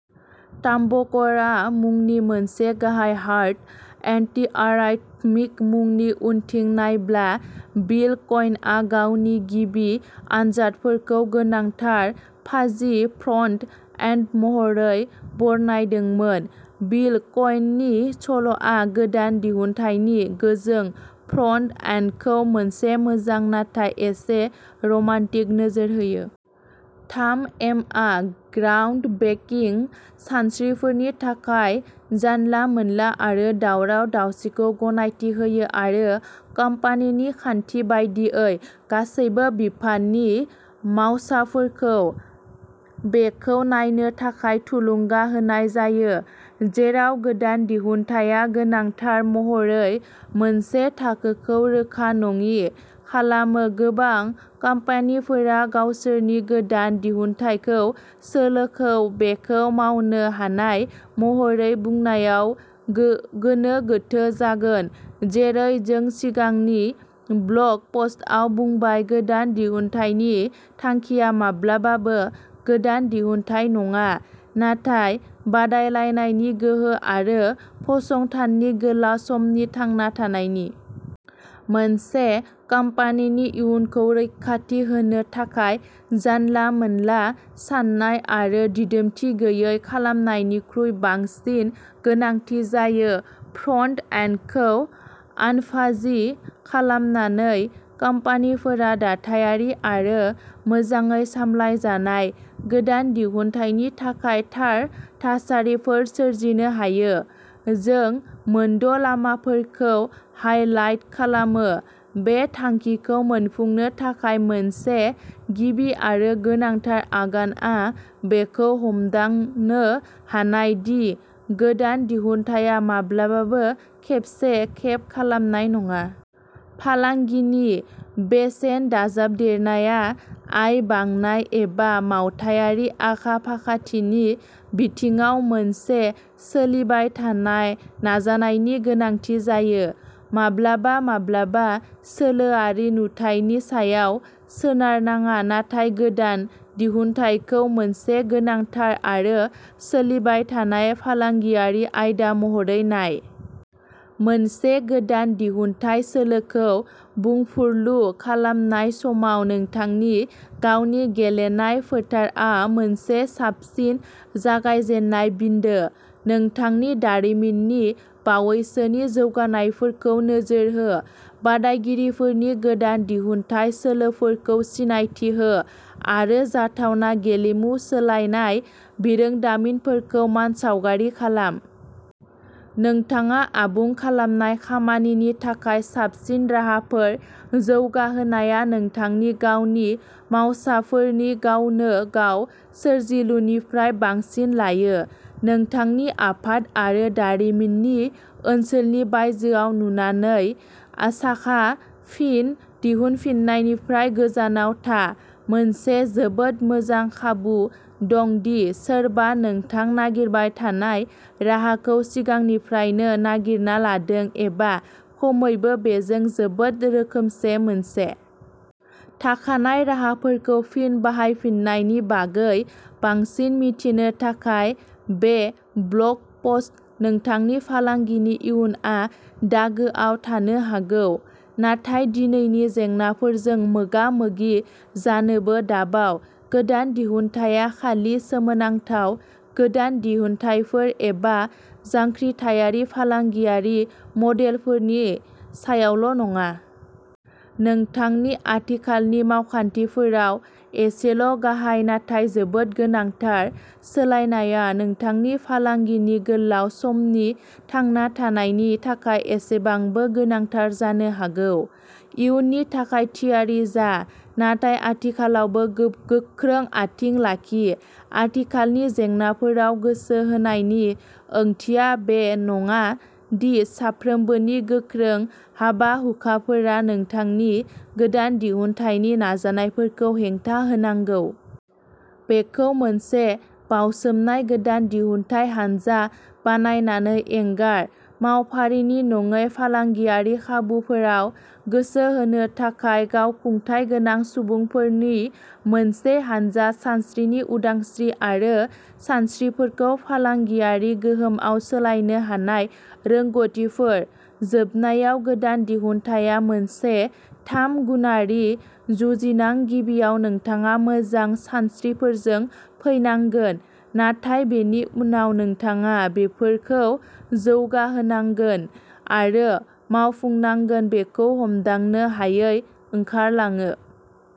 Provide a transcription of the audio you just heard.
टामबक'र मुंनि मोनसे गाहाय हार्ट एन्टीआराइथमिक मुलि उनथिं नायब्ला बिल क'इनआ गावनि गिबि आनजादफोरखौ'गोनांथार फाजि फ्रन्ट एन्ड'महरै बरनायदोंमोन। बिल क'इननि सल'आ गोदान दिहुनथायनि गोजों फ्रन्ट एन्डखौ मोनसे मोजां नाथाय एसे रमान्टिक नोजोर होयो। थाम एमआ ग्राउन्ड ब्रेकिं सानस्रिफोरनि थाखाय जानला मोनला आरो दावराव दावसिखौ गनायथि होयो आरो कम्पानिनि खान्थि बायदियै गासैबो बिफाननि मावसाफोरखौ'बेखौ नायनो थाखाय'थुलुंगा होनाय जायो। जेराव गोदान दिहुनथाया गोनांथार महरै मोनसे थाखोखौ रोखा नङि खालामो गोबां कम्पानिफोरा गावसोरनि गोदान दिहुनथाइ सोलोखौ'बेखौ मावनो हानाय'महरै बुंनायाव गो-गोनो गोथो जागोन जेरै जों सिगांनि ब्लग पस्टआव बुंबाय गोदान दिहुनथायनि थांखिया माब्लाबाबो गोदान दिहुनथाइ नङा नाथाय बादायलायनायनि गोहो आरो फसंथाननि गोलाव समनि थांना थानायनि। मोनसे कम्पानिनि इयुनखौ रैखाथि होनो थाखाय जानला मोनला साननाय आरो दिदोमथि गैयै खालामनायनिख्रुइ बांसिन गोनांथि जायो। फ्रन्ट एन्डखौ'आनफाजि'खालामनानै कम्पानिफोरा दाथायारि आरो मोजाङै सामलायजानाय गोदान दिहुनथायनि थाखाय थार थासारिफोर सोरजिनो हायो। जों मोनद'लामाफोरखौ हाईलाइट खालामो बे थांखिखौ मोनफुंनो थाखाय मोनसे गिबि आरो गोनांथार आगानआ बेखौ हमदांनो हानाय दि गोदान दिहुनथाया माब्लाबाबो खेबसे खेब खालामनाय नङा। फालांगिनि बेसेन दाजाबदेरनाया आय बांनाय एबा मावथायारि आखा फाखाथिनि बिथिङाव मोनसे सोलिबाय थानाय नाजानायनि गोनांथि जायो। माब्लाबा माब्लाबा सोलोआरि नुथायनि सायाव सोनारनाङा नाथाय गोदान दिहुनथायखौ मोनसे गोनांथार आरो सोलिबाय थानाय फालांगियारि आयदा महरै नाय। मोनसे गोदान दिहुनथाइ सोलोखौ बुंफुरलु खालामनाय समाव नोंथांनि गावनि गेलेनाय फोथारआ मोनसे साबसिन जागायजेननाय बिन्दो। नोंथांनि दारिमिननि बावैसोनि जौगानायफोरखौ नोजोर हो बादायगिरिफोरनि गोदान दिहुनथाइ सोलोफोरखौ सिनायथि हो आरो जाथावना गेलेमु सोलायनाय बिरोंदामिनफोरखौ मानसावगारि खालाम। नोंथाङा आबुं खालामनाय खामानिनि थाखाय साबसिन राहाफोर जौगाहोनाया नोंथांनि गावनि मावसाफोरनि गावनो गाव सोरजिलुनिफ्राय बांसिन लायो। नोंथांनि आफाद आरो दारिमिननि ओनसोलनि बायजोआव नुनानै साखा फिन दिहुनफिननायनिफ्राय गोजानाव था। मोनसे जोबोद मोजां खाबु दं दि सोरबा नोंथां नागिरबाय थानाय राहाखौ सिगांनिफ्रायनो नागिरना लादों एबा खमैबो बेजों जोबोद रोखोमसे मोनसे। थाखानाय राहाफोरखौ फिन बाहायफिन्नायनि बागै बांसिन मिथिनो थाखाय। बे ब्लग पस्ट। नोंथांनि फालांगिनि इयुनआ दागोआव थानो हागौ नाथाय दिनैनि जेंनाफोरजों मोगा मोगि जानोबो दाबाव। गोदान दिहुनथाया खालि सोमोनांथाव गोदान दिहुनथायफोर एबा जांख्रिथायारि फालांगियारि मदेलफोरनि सायावल'नङा। नोंथांनि आथिखालनि मावखान्थिफोराव एसेल'गाहाय नाथाय जोबोद गोनांथार सोलायनायआ नोंथांनि फालांगिनि गोलाव समनि थांना थानायनि थाखाय एसेबांनो गोनांथार जानो हागौ। इयुननि थाखाय थियारि जा नाथाय आथिखालावबो गोख्रों आथिं लाखि। आथिखालनि जेंनाफोराव गोसो होनायनि ओंथिया बे नङा दि सानफ्रोमबोनि गोख्रों हाबा हुखाफोरा नोंथांनि गोदान दिहुनथायनि नाजानायफोरखौ हेंथा होनांगौ। बेखौ मोनसे बावसोमनाय गोदान दिहुनथाय हानजा बानायनानै एंगार मावफारिनि नङै फालांगियारि खाबुफोराव गोसो होनो थाखाय गावखुंथाय गोनां सुबुंफोरनि मोनसे हानजा सानस्रिनि उदांस्रि आरो सानस्रिफोरखौ फालांगियारि गोहोमआव सोलायनो हानाय रोंग'थिफोर। जोबनायाव गोदान दिहुनथाया मोनसे थाम गुनारि जुजिनां गिबियाव नोंथाङा मोजां सानस्रिफोरजों फैनांगोन नाथाय बेनि उनाव नोंथाङा बेफोरखौ जौगाहोनांगोन आरो मावफुंनांगोन। बेखौ हमदांनो हायै ओंखारलाङो।